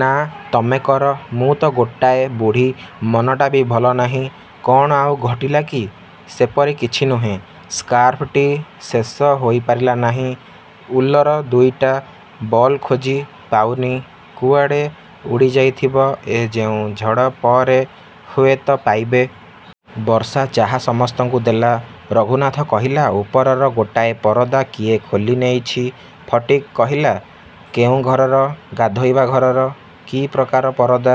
ନା, ତମେ କର। ମୁଁ ତ ଗୋଟାଏ ବୁଢ଼ୀ। ମନଟା ବି ଭଲ ନାହିଁ। କ'ଣ ଆଉ ଘଟିଲା କି? ସେପରି କିଛି ନୁହେଁ। ସ୍କାର୍ଫଟି ଶେଷ ହୋଇପାରିଲା ନାହିଁ। ଉଲର ଦୁଇଟା ବଲ ଖୋଜି ପାଉନି। କୁଆଡ଼େ ଉଡ଼ିଯାଇଥିବ ଏ ଯେଉଁ ଝଡ଼, ପରେ ହୁଏତ ପାଇବେ। ବର୍ଷା ଚାହା ସମସ୍ତଙ୍କୁ ଦେଲା। ରଘୁନାଥ କହିଲା, ଉପରର ଗୋଟାଏ ପରଦା କିଏ ଖୋଲିନେଇଛି। ଫଟିକ୍ କହିଲା, କେଉଁ ଘରର? ଗାଧୋଇବା ଘରର। କି ପ୍ରକାର ପରଦା?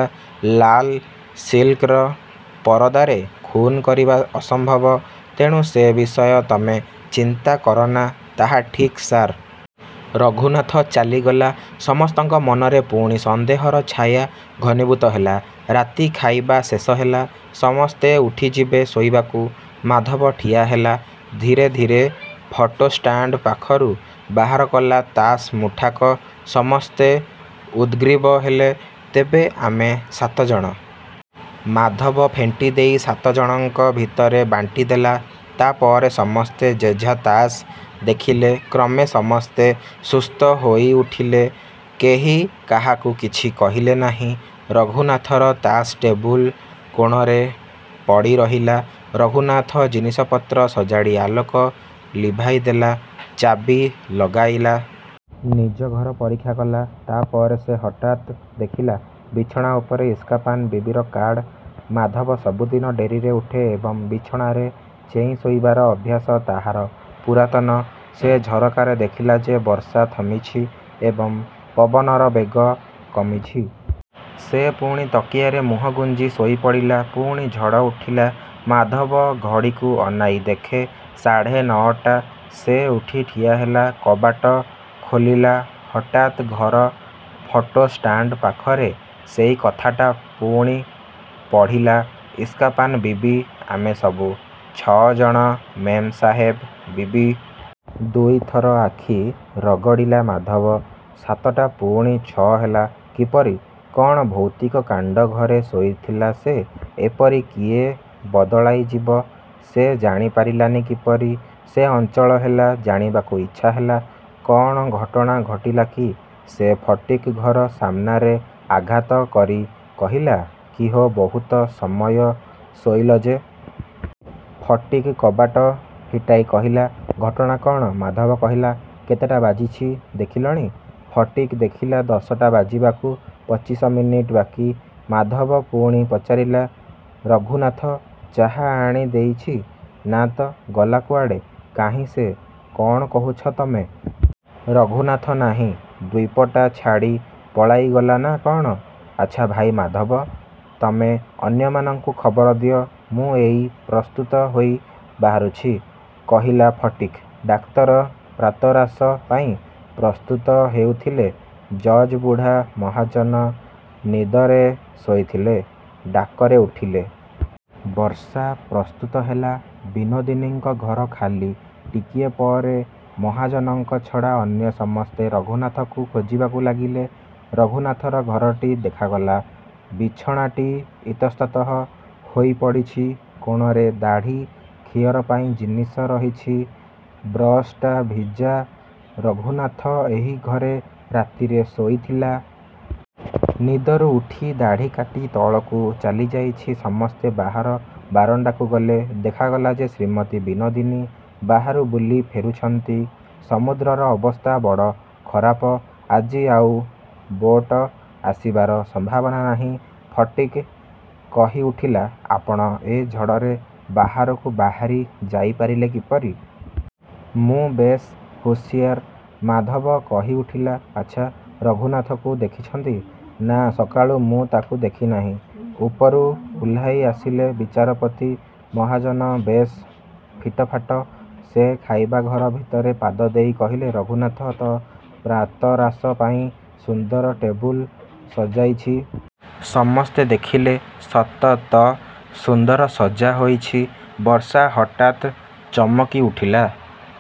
ଲାଲ ସିଲ୍କର। ପରଦାରେ ଖୁନ୍ କରିବା ଅସମ୍ଭବ, ତେଣୁ ସେ ବିଷୟ ତମେ ଚିନ୍ତା କରନା। ତାହା ଠିକ୍, ସାର୍! ରଘୁନାଥ ଚାଲିଗଲା। ସମସ୍ତଙ୍କ ମନରେ ପୁଣି ସନ୍ଦେହର ଛାୟା ଘନୀଭୂତ ହେଲା। ରାତି ଖାଇବା ଶେଷ ହେଲା। ସମସ୍ତେ ଉଠିଯିବେ ଶୋଇବାକୁ। ମାଧବ ଠିଆହେଲା। ଧୀରେ ଧୀରେ ଫଟୋ ଷ୍ଟାଣ୍ଡ ପାଖରୁ ବାହାର କଲା ତାସ୍ ମୁଠାକ। ସମସ୍ତେ ଉଦ୍ଗ୍ରୀବ ହେଲେ। ତେବେ ଆମେ ସାତ ଜଣ? ମାଧବ ଫେଣ୍ଟିଦେଇ ସାତ ଜଣଙ୍କ ଭିତରେ ବାଣ୍ଟିଦେଲା। ତା ପରେ ସମସ୍ତେ ଯେଝା ତାସ୍ ଦେଖିଲେ। କ୍ରମେ ସମସ୍ତେ ସୁସ୍ଥ ହୋଇଉଠିଲେ। କେହି କାହାକୁ କିଛି କହିଲେ ନାହିଁ। ରଘୁନାଥର ତାସ୍ ଟେବୁଲ କୋଣରେ ପଡ଼ିରହିଲା। ରଘୁନାଥ ଜିନିଷପତ୍ର ସଜାଡ଼ି ଆଲୋକ ଲିଭାଇଦେଲା। ଚାବି ଲଗାଇଲା। ନିଜ ଘର ପରୀକ୍ଷା କଲା। ତା ପରେ ସେ ହଠାତ୍ ଦେଖିଲା ବିଛଣା ଉପରେ ଇସ୍କାପାନ ବିବିର କାର୍ଡ଼! ମାଧବ ସବୁଦିନ ଡେରିରେ ଉଠେ ଏବଂ ବିଛଣାରେ ଚେଇଁ ଶୋଇବାର ଅଭ୍ୟାସ ତାହାର ପୁରାତନ। ସେ ଝରକାରେ ଦେଖିଲା ଯେ ବର୍ଷା ଥମିଛି ଏବଂ ପବନର ବେଗ କମିଛି। ସେ ପୁଣି ତକିଆରେ ମୁହଁ ଗୁଞ୍ଜି ଶୋଇପଡ଼ିଲା। ପୁଣି ଝଡ଼ ଉଠିଲା। ମାଧବ ଘଡ଼ିକୁ ଅନାଇ ଦେଖେ ସାଢ଼େ ନଅଟା। ସେ ଉଠି ଠିଆହେଲା। କବାଟ ଖୋଲିଲା। ହଠାତ୍ ଘର ଫଟୋ ଷ୍ଟାଣ୍ଡ ପାଖରେ ସେଇ କଥାଟା ପୁଣି ପଢ଼ିଲା, ଇସ୍କାପାନ ବିବି, ଆମେ ସବୁ ଛଅ ଜଣ ମେମ୍ ସାହେବ ବିବି। ଦୁଇ ଥର ଆଖି ରଗଡ଼ିଲା ମାଧବ। ସାତଟା ପୁଣି ଛଅ ହେଲା କିପରି! କ'ଣ ଭୌତିକ କାଣ୍ଡ! ଘରେ ଶୋଇଥିଲା ସେ। ଏପରି କିଏ ବଦଳାଇଯିବ, ସେ ଜାଣିପାରିଲାନି କିପରି? ସେ ଚଞ୍ଚଳ ହେଲା। ଜାଣିବାକୁ ଇଚ୍ଛା ହେଲା, କ'ଣ ଘଟଣା ଘଟିଲା କି? ସେ ଫଟିକ୍ ଘର ସାମ୍ନାରେ ଆଘାତ କରି କହିଲା, କିହୋ, ବହୁତ ସମୟ ଶୋଇଲ ଯେ! ଫଟିକ୍ କବାଟ ଫିଟାଇ କହିଲା, ଘଟଣା କ'ଣ? ମାଧବ କହିଲା, କେତେଟା ବାଜିଛି ଦେଖିଲଣି! ଫଟିକ୍ ଦେଖିଲା ଦଶଟା ବାଜିବାକୁ ପଚିଶ ମିନିଟ୍ ବାକି। ମାଧବ ପୁଣି ପଚାରିଲା, ରଘୁନାଥ ଚାହା ଆଣି ଦେଇଛି? ନା ତ, ଗଲା କୁଆଡ଼େ? କାହିଁ ସେ? କ'ଣ କହୁଛ ତମେ? ରଘୁନାଥ ନାହିଁ। ଦ୍ଵୀପଟା ଛାଡ଼ି ପଳାଇଗଲା ନା କ'ଣ? ଆଚ୍ଛା ଭାଇ ମାଧବ, ତମେ ଅନ୍ୟମାନଙ୍କୁ ଖବର ଦିଅ। ମୁଁ ଏଇ ପ୍ରସ୍ତୁତ ହୋଇ ବାହାରୁଛି, କହିଲା ଫଟିକ୍। ଡାକ୍ତର ପ୍ରାତରାଶ ପାଇଁ ପ୍ରସ୍ତୁତ ହେଉଥିଲେ। ଜଜ୍ ବୁଢ଼ା ମହାଜନ ନିଦରେ ଶୋଇଥିଲେ। ଡାକରେ ଉଠିଲେ। ବର୍ଷା ପ୍ରସ୍ତୁତ ହେଲା। ବିନୋଦିନୀଙ୍କ ଘର ଖାଲି। ଟିକିଏ ପରେ ମହାଜନଙ୍କ ଛଡ଼ା ଅନ୍ୟ ସମସ୍ତେ ରଘୁନାଥକୁ ଖୋଜିବାକୁ ଲାଗିଲେ। ରଘୁନାଥର ଘରଟି ଦେଖାଗଲା। ବିଛଣାଟି ଇତସ୍ତତଃ ହୋଇ ପଡ଼ିଛି। କୋଣରେ ଦାଢ଼ି ଖିଅର ପାଇଁ ଜିନିଷ ରହିଛି। ବ୍ରସ୍ ଟା ଭିଜା। ରଘୁନାଥ ଏହି ଘରେ ରାତିରେ ଶୋଇଥିଲା। ନିଦରୁ ଉଠି ଦାଢ଼ି କାଟି ତଳକୁ ଚାଲିଯାଇଛି। ସମସ୍ତେ ବାହାର ବାରଣ୍ଡାକୁ ଗଲେ। ଦେଖାଗଲା ଯେ ଶ୍ରୀମତୀ ବିନୋଦିନୀ ବାହାରୁ ବୁଲି ଫେରୁଛନ୍ତି। ସମୁଦ୍ରର ଅବସ୍ଥା ବଡ଼ ଖରାପ। ଆଜି ଆଉ ବୋଟ ଆସିବାର ସମ୍ଭାବନା ନାହିଁ। ଫଟିକ୍ କହିଉଠିଲା, ଆପଣ ଏ ଝଡ଼ରେ ବାହାରକୁ ବାହାରି ଯାଇପାରିଲେ କିପରି? ମୁଁ ବେଶ୍ ହୁସିଆର। ମାଧବ କହିଉଠିଲା, ଆଚ୍ଛା, ରଘୁନାଥକୁ ଦେଖିଛନ୍ତି? ନା, ସକାଳୁ ମୁଁ ତାକୁ ଦେଖିନାହିଁ। ଉପରୁ ଓହ୍ଲାଇ ଆସିଲେ ବିଚାରପତି ମହାଜନ। ବେଶ୍ ଫିଟଫାଟ। ସେ ଖାଇବା ଘର ଭିତରେ ପାଦ ଦେଇ କହିଲେ, ରଘୁନାଥ ତ ପ୍ରାତରାଶ ପାଇଁ ସୁନ୍ଦର ଟେବୁଲ ସଜାଇଛି। ସମସ୍ତେ ଦେଖିଲେ, ସତ ତ! ସୁନ୍ଦର ସଜା ହୋଇଛି। ବର୍ଷା ହଠାତ୍ ଚମକିଉଠିଲା।